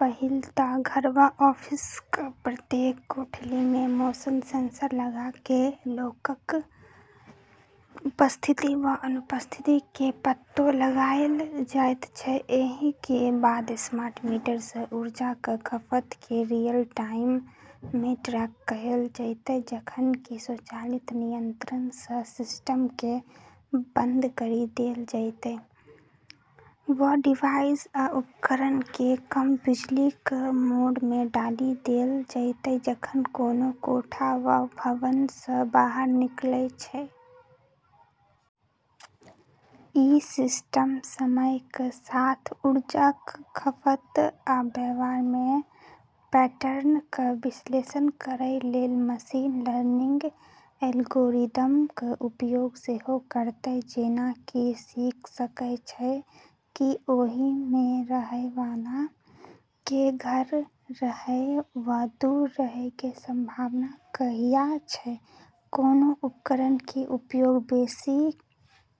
पहिल तँ घर वा ओफिसक प्रत्येक कोठली मे मोशन सेंसर लगा कए लोकक उपस्थिति वा अनुपस्थिति कें पत्तो लगाएल जाइत छै। एहि के बाद स्मार्ट मीटर सँ ऊर्जाक खपत कें रियल-टाइम मे ट्रैक कयल जेतै, जखन कि स्वचालित नियंत्रण सँ सिस्टमकें बन्द करि देल जेतै वा डिवाइस आ उपकरणकें कम बिजलीक मोड मे डालि देल जेतै जखन कोनो कोठा वा भवन सँ बाहर निकलै छै। ई सिस्टम समयक साथ ऊर्जाक खपत आ व्यवहार मे पैटर्नक विश्लेषण करै लेल मशीन लर्निंग एल्गोरिदमक उपयोग सेहो करतै। जेना कि ई सीख सकै छै कि ओहि मे रहय बला कें घर रहय वा दूर रहय कें संभावना कहिया छै, कोनो उपकरणकें उपयोग बेसि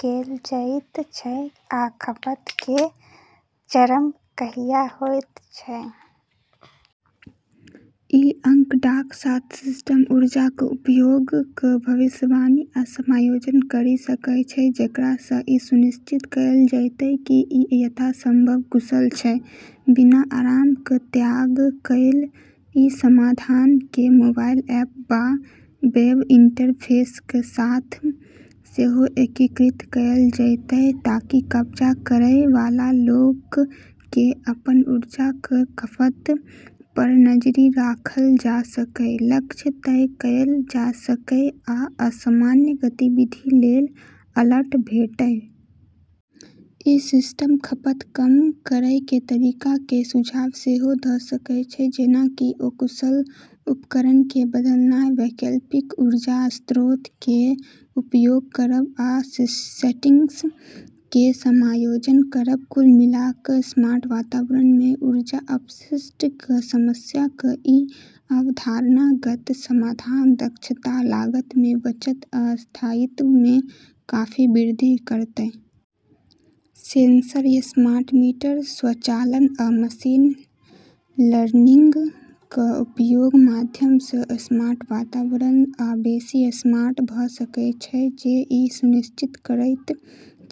कैल जाइत छै, आ खपत कें चरम कहिया होयत छै। ई आंकड़ाक साथ सिस्टम ऊर्जाक उपयोगक भविष्यवाणी आ समायोजन करि सकै छै, जेकरा सँ ई सुनिश्चित कयल जेतै कि ई यथासंभव कुशल छै, बिना आरामक त्याग कएल। ​ई समाधानकें मोबाइल ऐप वा वेब इंटरफेसक साथ सेहो एकीकृत कयल जेतै ताकि कब्जा करै वाला लोककें अपन ऊर्जाक खपत पर नजरि राखल जा सकै, लक्ष्य तय कयल जा सकै आ असामान्य गतिविधि लेल अलर्ट भेटै। ई सिस्टम खपतक कम करय कें तरीकाकें सुझाव सेहो द सकै छै, जेना कि अकुशल उपकरणकें बदलनाय, वैकल्पिक ऊर्जा स्रोतकें उपयोग करब, आ सेटिंग्सकें समायोजन करब। ​कुल मिला कऽ स्मार्ट वातावरण मे ऊर्जा अपशिष्टक समस्याक ई अवधारणागत समाधान दक्षता, लागत मे बचत आ स्थायित्व मे काफी वृद्धि करतै। सेंसर, स्मार्ट मीटर, स्वचालन, आ मशीन लर्निंगक उपयोगक माध्यम सँ स्मार्ट वातावरण आ बेसि स्मार्ट भ सकै छै, जे ई सुनिश्चित करैत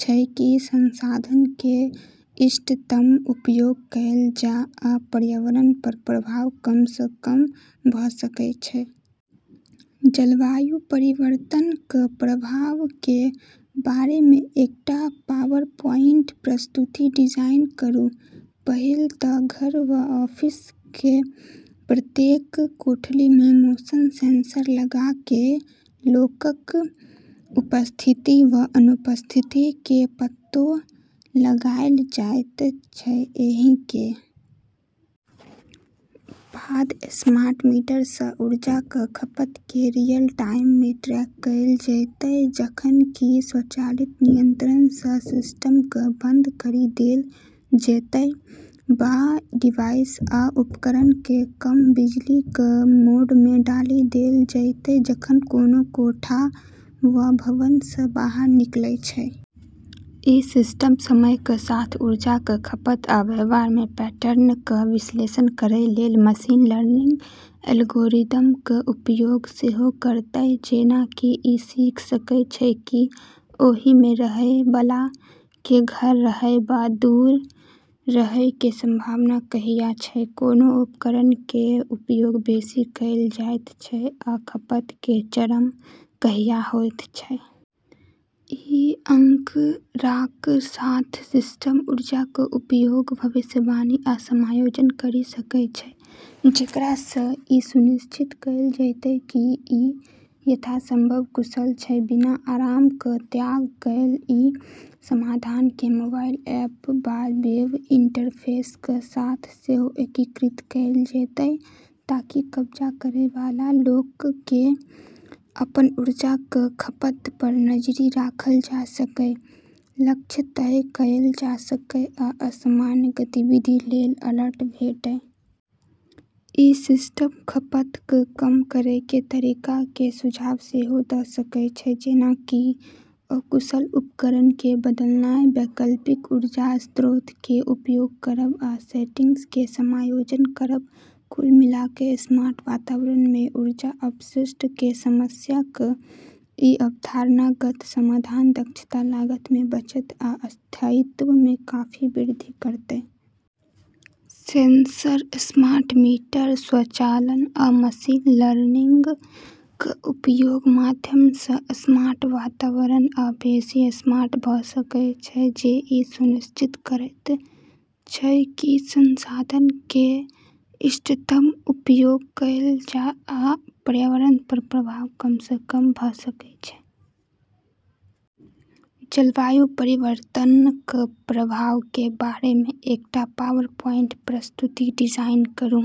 छै कि संसाधनकें इष्टतम उपयोग कयल जा आ पर्यावरण पर प्रभाव कम सँ कम भ सकै छै। ​जलवायु परिवर्तनक प्रभावकें बारे मे एकटा पावरपॉइंट प्रस्तुति डिजाइन करूं। पहिल तँ घर वा ओफिसक प्रत्येक कोठली मे मोशन सेंसर लगा कए लोकक उपस्थिति वा अनुपस्थिति कें पत्तो लगाएल जाइत छै। एहि के बाद स्मार्ट मीटर सँ ऊर्जाक खपत कें रियल-टाइम मे ट्रैक कयल जेतै, जखन कि स्वचालित नियंत्रण सँ सिस्टमकें बन्द करि देल जेतै वा डिवाइस आ उपकरणकें कम बिजलीक मोड मे डालि देल जेतै जखन कोनो कोठा वा भवन सँ बाहर निकलै छै। ई सिस्टम समयक साथ ऊर्जाक खपत आ व्यवहार मे पैटर्नक विश्लेषण करै लेल मशीन लर्निंग एल्गोरिदमक उपयोग सेहो करतै। जेना कि ई सीख सकै छै कि ओहि मे रहय बला कें घर रहय वा दूर रहय कें संभावना कहिया छै, कोनो उपकरणकें उपयोग बेसि कैल जाइत छै, आ खपत कें चरम कहिया होयत छै। ई आंकड़ाक साथ सिस्टम ऊर्जाक उपयोगक भविष्यवाणी आ समायोजन करि सकै छै, जेकरा सँ ई सुनिश्चित कयल जेतै कि ई यथासंभव कुशल छै, बिना आरामक त्याग कएल। ई समाधानकें मोबाइल ऐप वा वेब इंटरफेसक साथ सेहो एकीकृत कयल जेतै ताकि कब्जा करै वाला लोककें अपन ऊर्जाक खपत पर नजरि राखल जा सकै, लक्ष्य तय कयल जा सकै आ असामान्य गतिविधि लेल अलर्ट भेटै। ई सिस्टम खपतक कम करय कें तरीकाकें सुझाव सेहो द सकै छै, जेना कि अकुशल उपकरणकें बदलनाय, वैकल्पिक ऊर्जा स्रोतकें उपयोग करब, आ सेटिंग्सकें समायोजन करब। कुल मिला कऽ स्मार्ट वातावरण मे ऊर्जा अपशिष्टक समस्याक ई अवधारणागत समाधान दक्षता, लागत मे बचत आ स्थायित्व मे काफी वृद्धि करतै। सेंसर, स्मार्ट मीटर, स्वचालन, आ मशीन लर्निंगक उपयोगक माध्यम सँ स्मार्ट वातावरण आ बेसि स्मार्ट भ सकै छै, जे ई सुनिश्चित करैत छै कि संसाधनकें इष्टतम उपयोग कयल जा आ पर्यावरण पर प्रभाव कम सँ कम भ सकै छै। जलवायु परिवर्तनक प्रभावकें बारे मे एकटा पावरपॉइंट प्रस्तुति डिजाइन करूं।